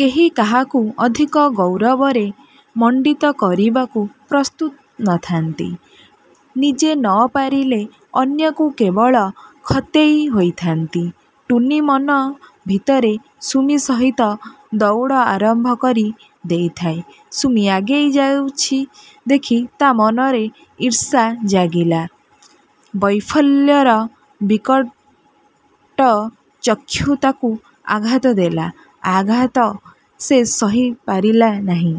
କେହି କାହାକୁ ଅଧିକ ଗୌରବରେ ମଣ୍ଡିତ କରିବାକୁ ପ୍ରସ୍ତୁତ ନଥାନ୍ତି। ନିଜେ ନ ପାରିଲେ,–ଅନ୍ୟକୁ କେବଳ ଖତେଇ ହୋଇଥାନ୍ତି। ଟୁନୀ ମନ ଭିତରେ ସୁମି ସହିତ ଦଉଡ଼ ଆରମ୍ଭ କରି ଦେଇଥାଏ। ସୁମି ଆଗେଇ ଯାଉଛି ଦେଖି ତା ମନରେ ଈର୍ଷା ଜାଗିଲା। ବୈଫଲ୍ୟର ବିକଟ ଚକ୍ଷୁ ତାକୁ ଆଘାତ ଦେଲା,–ଆଘାତ ସେ ସହିପାରିଲା ନାଇଁ।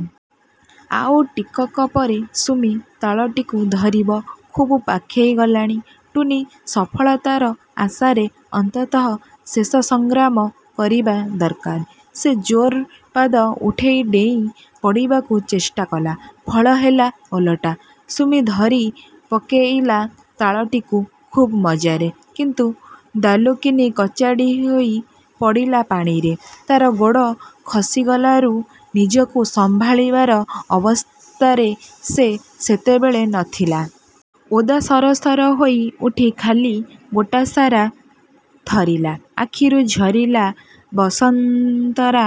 ଆଉ ଟିକକପରେ ସୁମି ତାଳଟିକୁ ଧରିବ ଖୁବ୍ ପାଖେଇ ଗଲାଣି-। ଟୁନୀ ସଫଳତାର ଆଶାରେ ଅନ୍ତତଃ ଶେଷ ସଂଗ୍ରାମ କରିବା ଦର୍କାର। ସେ ଜୋର୍ ପାଦ ଉଠେଇ ଡେଇଁ ପଡ଼ିବାକୁ ଚେଷ୍ଟାକଲା। ଫଳ ହେଲା ଓଲଟା। ସୁମି ଧରି ପକେଇଲା ତାଳଟିକୁ ଖୁବ୍ ମଜାରେ। କିନ୍ତୁ ଦାଲୁକିନି କଚାଡ଼ି ହୋଇ ପଡ଼ିଲା ପାଣିରେ, ତାର ଗୋଡ଼ ଖସିଗଲାରୁ ନିଜକୁ ସମ୍ଭାଳିବାର ଅବସ୍ଥାରେ ସେ ସେତେବେଳେ ନଥିଲା। ଓଦା ସର ସର ହୋଇ ଉଠି ଖାଲି ଗୋଟାସାରା ଥରିଲା ଆଖିରୁ ଝରିଲା ବସନ୍ତରା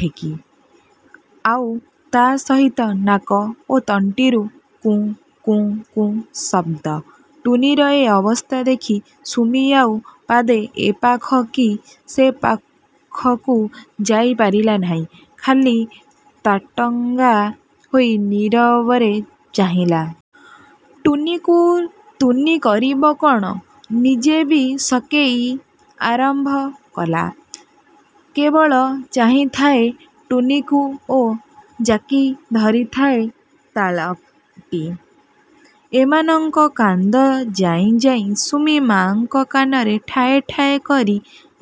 ଠେକି,–ଆଉ ତା ସହିତ ନାକ ଓ ତଣ୍ଟିରୁ କୁଁ-କୁଁ-କୁଁ ଶବ୍ଦ। ଟୁନୀର ଏ ଅବସ୍ଥା ଦେଖି ସୁମି ଆଉ ପାଦେ ଏପାଖ କି ସେ ପାଖକୁ ଯାଇପାରିଲା ନାଇଁ। ଖାଲି ତାଟଙ୍ଗା ହୋଇ ନୀରବରେ ଚାହିଁଲା। ଟୁନୀକୁ ତୁନି କରିବ କଣ ନିଜେ ବି ସକେଇ ଆରମ୍ଭ କଲା। କେବଳ ଚାହିଁଥାଏ ଟୁନୀକୁ ଓ ଜାକି ଧରିଥାଏ ତାଳଟି। ଏମାନଙ୍କ କାନ୍ଦ ଯାଇଁ ଯାଇଁ ସୁମି-ମାଙ୍କ କାନରେ ଠାଏ-ଠାଏ କରି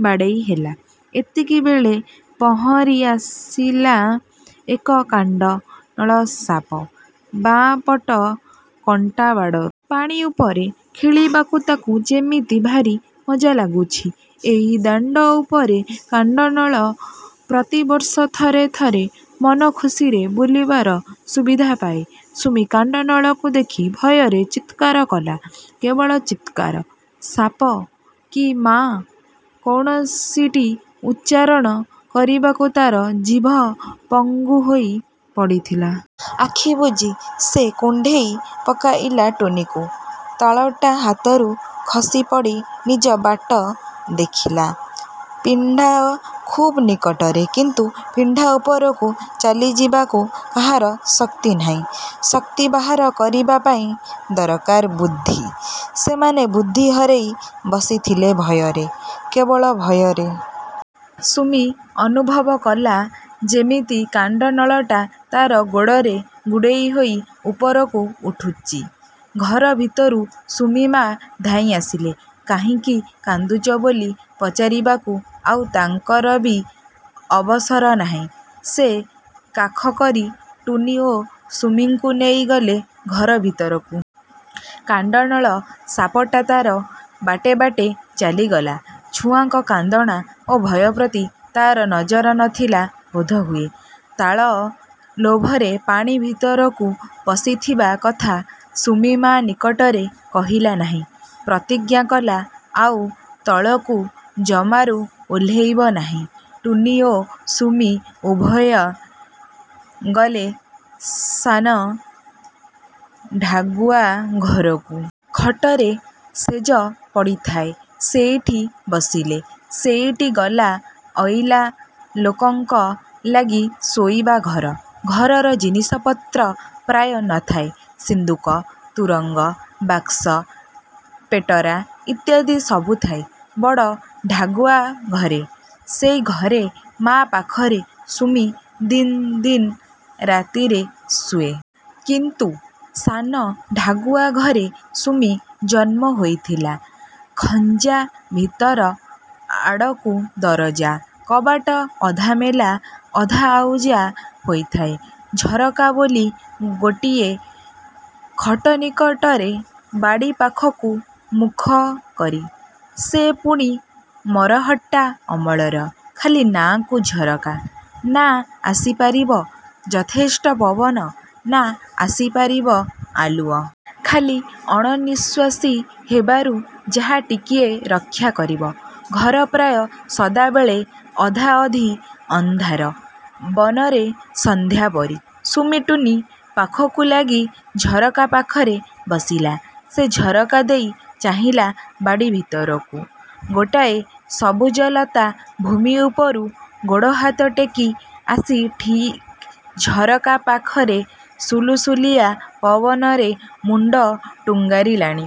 ବାଡ଼େଇ ହେଲା। ଏତିକିବେଳେ ପହଁରି ଆସିଲା ଏକ କାଣ୍ଡ ନଳସାପ–ବାଁ ପଟ କଣ୍ଟାବାଡ଼ରୁ। ପାଣି ଉପରେ ଖେଳିବାକୁ ତାକୁ ଯେମିତି ଭାରି ମଜା ଲାଗୁଚି। ଏଇ ଦାଣ୍ଡ ଉପରେ କାଣ୍ଡନଳ ପ୍ରତିବର୍ଷ ଥରେ ଥରେ ମନ ଖୁସିରେ ବୁଲିବାର ସୁବିଧା ପାଏ। ସୁମି କାଣ୍ଡନଳକୁ ଦେଖି ଭୟରେ ଚିତ୍କାର କଲା। କେବଳ ଚିତ୍କାର। 'ସାପ'-କି-'ମା' କୌଣସିଟି ଉଚ୍ଚାରଣ କରିବାକୁ ତାର ଜିଭ ପଙ୍ଗୁ ହୋଇ ପଡ଼ିଥିଲା। ଆଖିବୁଜି ସେ କୁଣ୍ଢେଇ ପକେଇଲା ଟୁନୀକୁ। ତାଳଟା ହାତରୁ ଖସିପଡ଼ି ନିଜ ବାଟ ଦେଖିଲା। ପିଣ୍ଡା ଖୁବ୍ ନିକଟରେ। କିନ୍ତୁ ପିଣ୍ଡା ଉପରକୁ ଚାଲିଯିବାକୁ କାହାର ଶକ୍ତି ନାହିଁ। ଶକ୍ତି ବାହାର କରିବା ପାଇଁ ଦରକାର ବୁଦ୍ଧି। ସେମାନେ ବୁଦ୍ଧି ହରେଇ ବସିଥିଲେ ଭୟରେ, କେବଳ ଭୟରେ। ସୁମି ଅନୁଭବ କଲା ଯେମିତି କାଣ୍ଡନଳଟା ତାର ଗୋଡ଼ରେ ଗୁଡ଼େଇ ହୋଇ ଉପରକୁ ଉଠୁଚି। ଘର ଭିତରୁ ସୁମି ମା ଧାଇଁ ଆସିଲେ। କାହିଁକି କାନ୍ଦୁଚ ବୋଲି ପଚାରିବାକୁ ଆଉ ତାଙ୍କର ବି ଅବସର ନାଇଁ। ସେ କାଖ କରି ଟୁନୀ ଓ ସୁମିଙ୍କୁ ନେଇଗଲେ ଘର ଭିତରକୁ। କାଣ୍ଡନଳ ସାପଟା ତାର ବାଟେ ବାଟେ ଚାଲିଗଲା। ଛୁଆଙ୍କ କାନ୍ଦଣା ଓ ଭୟ ପ୍ରତି ତାର ନଜର ନଥିଲା ବୋଧହୁଏ। ତାଳ ଲୋଭରେ ପାଣି ଭିତରକୁ ପଶିଥିବା କଥା ସୁମି ମା ନିକଟରେ କହିଲା ନାଇଁ। ପ୍ରତିଜ୍ଞା କଲା–ଆଉ ତଳକୁ ଜମାରୁ ଓହ୍ଲେଇବ ନାହିଁ। ଟୁନୀ ଓ ସୁମି ଉଭୟେ ଗଲେ ସାନ ଢାଗୁଆ ଘରକୁ। ଖଟରେ ଶେଯ ପଡ଼ିଥାଏ–ସେଇଠି ବସିଲେ। ସେଇଟି ଗଲା ଅଇଲା ଲୋକଙ୍କ ଲାଗି ଶୋଇବା ଘର। ଘରର ଜିନିଷପତ୍ର ପ୍ରାୟ ନଥାଏ। ସିନ୍ଦୁକ, ତୁରଙ୍ଗ, ବାକ୍ସ, ପେଟରା ଇତ୍ୟାଦି ସବୁଥାଏ ବଡ଼ ଢାଗୁଆ ଘରେ। ସେଇ ଘରେ ମା' ପାଖରେ ସୁମି ଦିନ୍ ଦିନ୍ ରାତିରେ ଶୁଏ। କିନ୍ତୁ ସାନ ଢାଗୁଆ ଘରେ ସୁମି ଜନ୍ମ ହୋଇଥିଲା। ଖଞ୍ଜା ଭିତର ଆଡ଼କୁ ଦରଜା–କବାଟ ଅଧା ମେଲା ଅଧା ଆଉଜା ହୋଇଥାଏ। ଝରକା ବୋଲି ଗୋଟିଏ–ଖଟ ନିକଟରେ ବାଡ଼ି ପାଖକୁ ମୁଖକରି। ସେ ପୁଣି ମରହଟ୍ଟା ଅମଳର। ଖାଲି ନାଁ'କୁ ଝରକା। ନାଁ ଆସିପାରିବ ଯଥେଷ୍ଟ ପବନ, ନାଁ ଆସିପାରିବ ଆଲୁଅ। ଖାଲି ଅଣନିଃଶ୍ୱାସୀ ହେବାରୁ ଯାହା ଟିକିଏ ରକ୍ଷା କରିବ। ଘର ପ୍ରାୟ ସଦାବେଳେ ଅଧାଅଧି ଅନ୍ଧାର, ବନରେ ସନ୍ଧ୍ୟା ପରି। ସୁମି ଟୁନୀ ପାଖକୁ ଲାଗି ଝରକା ପାଖରେ ବସିଲା। ସେ ଝରକା ଦେଇ ଚାହିଁଲା ବାଡ଼ି ଭିତରକୁ। ଗୋଟାଏ ସବୁଜଲତା ଭୂମି ଉପରୁ ଗୋଡ଼ହାତ ଟେକି ଆସି ଠିକ୍ ଝରକା ପାଖରେ ସୁଲୁସୁଲିଆ ପବନରେ ମୁଣ୍ଡ ଟୁଙ୍ଗାରିଲାଣି।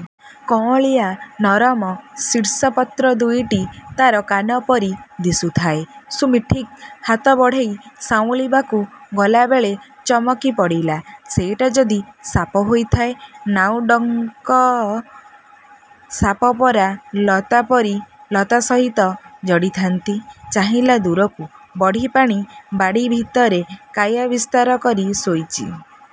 କଅଁଳିଆ ନରମ ଶୀର୍ଷପତ୍ର ଦୁଇଟି ତାର କାନପରି ଦିଶୁଥାଏ। ସୁମି ଠିକ୍ ହାତ ବଢ଼େଇ ସାଉଁଳିବାକୁ ଗଲାବେଳେ ଚମକି ପଡ଼ିଲା। ସେଇଟା ଯଦି ସାପ ହୋଇଥାଏ–ନାଉଡ଼ଙ୍କ ସାପପରା ଲତାପରି ଲତା ସହିତ ଜଡ଼ିଥାନ୍ତି। ଚାହିଁଲା ଦୂରକୁ–ବଢ଼ିପାଣି ବାଡ଼ି ଭିତରେ କାୟା ବିସ୍ତାର କରି ଶୋଇଚି।